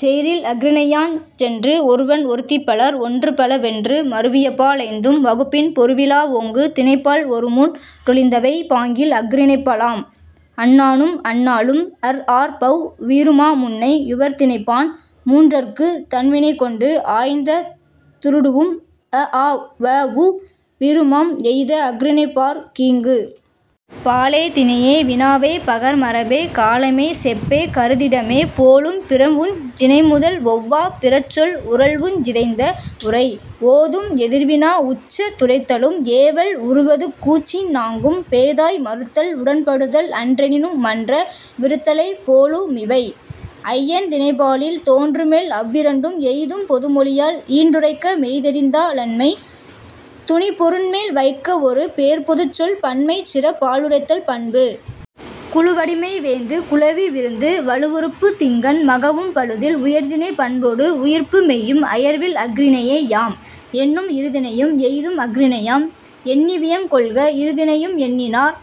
செயிரில் அஃறிணையாஞ் சென்று. ஒருவன் ஒருத்திபலர் ஒன்றுபல வென்று மருவியபா லைந்தும் வகுப்பின் பொருவிலா வோங்கு திணைப்பால் ஒருமூன் றொழிந்தவை பாங்கில் அஃறிணைப்பா லாம். அன்னானும் அள்ளாளும் அர்ஆர்பவ் வீறுமா முன்னை யுயர்திணைப்பான் மூன்றற்குந் தன்வினைகொண்டு ஆய்ந்த துறுடுவும் அஆவவ் வீறுமாம் எய்த அஃறிணைப்பாற் கீங்கு. பாலே திணையே வினாவே பகர்மரபே காலமே செப்பே கருதிடமே போலும் பிறழ்வுஞ் சினைமுதல் ஒவ்வாப் பிறசொல் உறழ்வுஞ் சிதைந்த வுரை. ஓதும் எதிர்வினா உற்ற துரைத்தலும் ஏவல் உறுவதுகூற் றிந்நான்கும் பேதாய் மறுத்தல் உடன்படுதல் அன்றெனினு மன்ற விறுத்தலே போலு மிவை. ஐயந் திணைபாலில் தோன்றுமேல் அவ்விரண்டும் எய்தும் பொதுமொழியால் ஈண்டுரைக்க மெய்தெரிந்தா லன்மை துணிபொருண்மேல் வைக்கவொரு பேர்ப்பொதுச்சொல் பன்மைசிறப் பாலுரைத்தல் பண்பு. குழுவடிமை வேந்து குழவி விருந்து வழுவுறுப்புத் திங்கண் மகவும் பழுதில் உயர்திணைப் பண்போடு உயிருப்பு மெய்யும் அயர்வில் அஃறிணையே யாம். எண்ணும் இருதிணையும் எய்தும் அஃறிணையாம் எண்ணிவியங் கொள்க இருதிணையும் எண்ணினாற்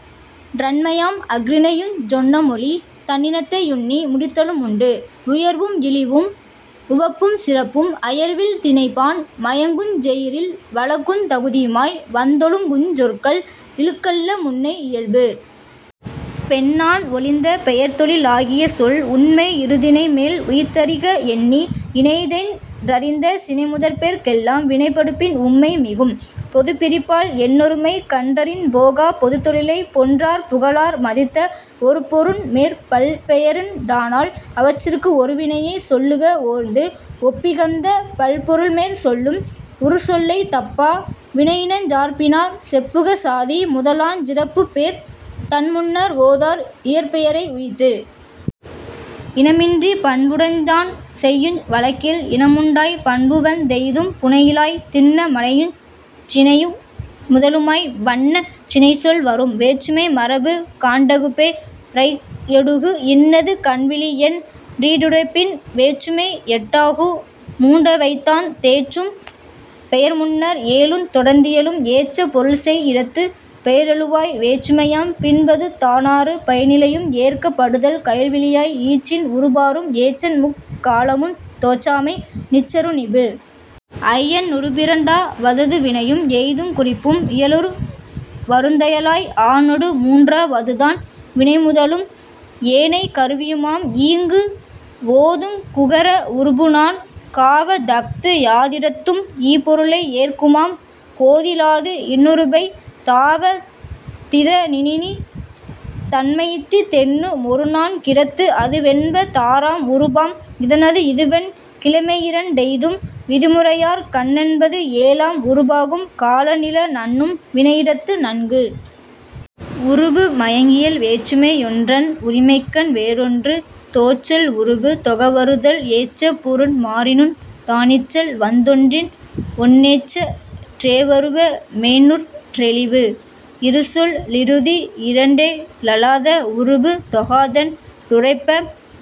றன்மையாம் அஃறிணையுஞ் சொன்னமொழி தன்னினத்தை யுன்னி முடித்தலு முண்டு. உயர்வும் இழிவும் உவப்பும் சிறப்பும் அயர்வில் திணைபான் மயங்குஞ் செயிரில் வழக்குந் தகுதியுமாய் வந்தொழுகுஞ் சொற்கள் இழுக்கல்ல முன்னை இயல்பு. பெண்ணான் ஒழிந்த பெயர்தொழி லாகியசொல் உண்மை யிருதிணைமேல் உய்த்தறிக எண்ணி யினைத்தென் றறிந்த சினைமுதற்பேர்க் கெல்லாம் வினைப்படுப்பின் உம்மை மிகும். பொதுபிரிபால் எண்ணொருமைக் கண்ணன்றிப் போகா பொதுத்தொழிலை யொன்றாற் புகலார் மதித்த ஒருபொருண்மேற் பல்பெயருண் டானால் அவற்றிற்கு ஒருவினையே சொல்லுக ஓர்ந்து. ஒப்பிகந்த பல்பொருள்மேற் சொல்லும் உருசொல்லைத் தப்பா வினையினஞ் சார்பினாற் செப்புக சாதி முதலாஞ் சிறப்புப்பேர் தன்முன்னர் ஓதார் இயற்பெயரை உய்த்து. இனமின்றிப் பண்புண்டாஞ் செய்யுஞ் வழக்கேல் இனமுண்டாய்ப் பண்புவந் தெய்தும் புனையிழாய் திண்ண மடையுஞ் சினையு முதலுமாய் வண்ணச் சினைசொல் வரும்.. வேற்றுமை மரபு காண்டகுபே ரையொடுகு இன்னது கண்விளியென் றீண்டுரைப்பின் வேற்றுமை யெட்டாகு மூண்டவைதாந் தேற்றும் பெயர்முன்னர் ஏழுந் தொடர்ந்தியலும் ஏற்ற பொருள்செய் யிடத்து. பெயரெழுவாய் வேற்றுமையாம் பின்பதுதா னாறு பயனிலையும் ஏற்கப் படுதல் கயல்விழியாய் ஈற்றின் உறுபாறும் ஏற்றன்முக் காலமுந் தோற்றாமை நிற்ற றுணிபு. ஐயென் னுருபிரண் டாவ ததுவினையும் எய்துங் குறிப்பும் இயலவருந் தையலாய் ஆனொடு மூன்றா வதுதான் வினைமுதலும் ஏனைக் கருவியுமாம் ஈங்கு. ஓதுங் குகர உருபுநான் காவதஃது யாதிடத்தும் ஈபொருளை யேற்குமாங் கோதிலாது இன்னுருபைந் தாவ திதனினித் தன்மைத்தி தென்னு மொருநான் கிடத்து. அதுவென்ப தாறாம் உருபாம் இதனது இதுவென் கிழமையிரண் டெய்தும் விதிமுறையாற் கண்ணென்பது ஏழாம் உருபாகும் காலநில நண்ணும் வினையிடத்து நன்கு.. உருபு மயங்கியல் வேற்றுமை யொன்றன் உரிமைக்கண் வேறொன்று தோற்றல் உருபு தொகவருதல் ஏற்றபொருண் மாறினுந் தானிற்றல் வந்தொன்றின் ஒன்றேற்ற றேறவரு மெய்ந்நுற் றௌிவு. இருசொல் லிருதி யிரண்டே ழலாத உருபு தொகாதென் றுரைப்ப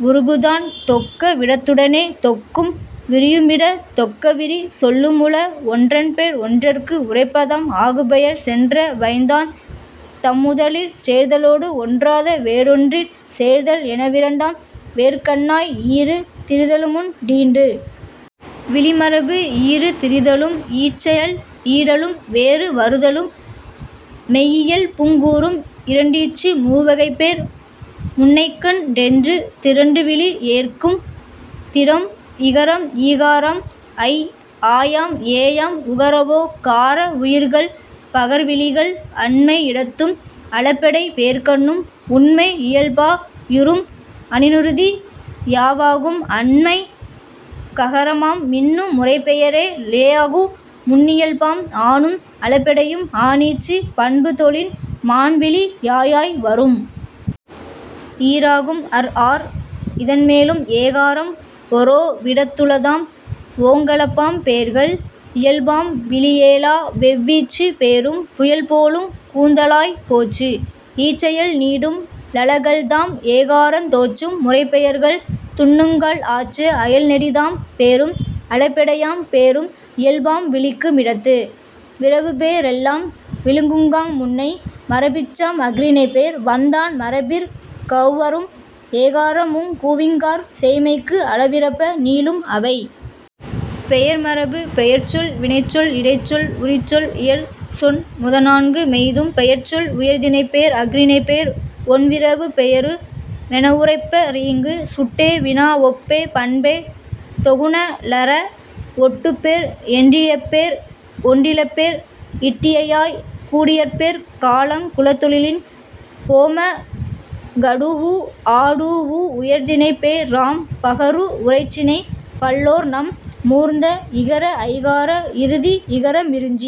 வுருபுதான் தொக்க விடத்துடனே தொக்கும் விரியுமிடத் தொக்கவிரி சொல்லு முள. ஒன்றன்பேர் ஒன்றற்கு உரைப்பதாம் ஆகுபெயர் சென்றவைந்தாந் தம்முதலிற் சேர்தலோடு ஒன்றாத வேறொன்றிற் சேர்தல் எனவிரண்டாம் வேற்கண்ணாய் ஈறு திரிதலுமுண் டீண்டு.. விளி மரபு ஈறு திரிதலும் ஈற்றயல் நீடலும் வேறு வருதலும் மெய்யில்புங் கூறும் இரண்டீற்று மூவகைப்பேர் முன்னிைக்கண் ணென்றுந் திரண்டுவிளி யேற்குந் திறம். இகரம் ஈகாரமாம் ஐஆயாம் ஏயாம் உகரவோ கார வுயிர்கள் பகர்விளிகள் அண்மை யிடத்தும் அளபெடைப் பேர்க்கண்ணும் உண்மை யியல்பா யுறும். அன்னிறுதி யாவாகும் அண்மைக் ககரமாம் மின்னு முறைப்பெயரே லேயாகு முன்னியல்பாம் ஆனும் அளபெடையும் ஆனீற்று பண்புதொழின் மான்விழி யாயாய் வரும். ஈராகும் அர்ஆர் இதன்மேலும் ஏகாரம் ஒரோ விடத்துளதாம் ஓங்களபாம் பேர்கள் இயல்பாம் விளியேலா வெவ்வீற்றுப் பேரும் புயல்போலுங் கூந்தலாய் போற்று. ஈற்றயல் நீடும் லளக்கள்தாம் ஏகாரந் தோற்றும் முறைப்பெயர்கள் துன்னுங்கால் ஆற்ற அயல்நெடிதாம் பேரும் அளபெடையாம் பேரும் இயல்பாம் விளிக்கு மிடத்து. விரவுப்பே ரெல்லாம் விளிக்குங்கான் முன்னை மரபிற்றாம் அஃறிணைபேர் வந்தான் மரபிற் கொளவரும் ஏகாரமுங் கூவிங்காற் சேய்மைக்கு அளவிறப்ப நீளும் அவை.. பெயர் மரபு பெயர்ச்சொல் வினைச்சொல் இடைச்சொல் உரிச்சொல் இயற்சொன் முதனான்கு மெய்தும் பெயர்ச்சொல் உயர்திணைப்பேர் அஃறிணைப்பேர் ஒண்விரவுப் பெயரு மெனவுரைப்ப ரீங்கு. சுட்டே வினாவொப்பே பண்பே தொகுனளர வொட்டுப்பேர் எண்ணியற்பேர் ஒண்ணிலப்பேர் இட்டிடையாய் கூடியற்பெர் காலங் குலந்தொழிலின் போமகடூஉ ஆடூஉ உயர்திணைப்பே ராம். பகரு முறைசினைப் பல்லோர்நம் மூர்ந்த இகரஐ கார இறுதி இகரமிறுஞ்।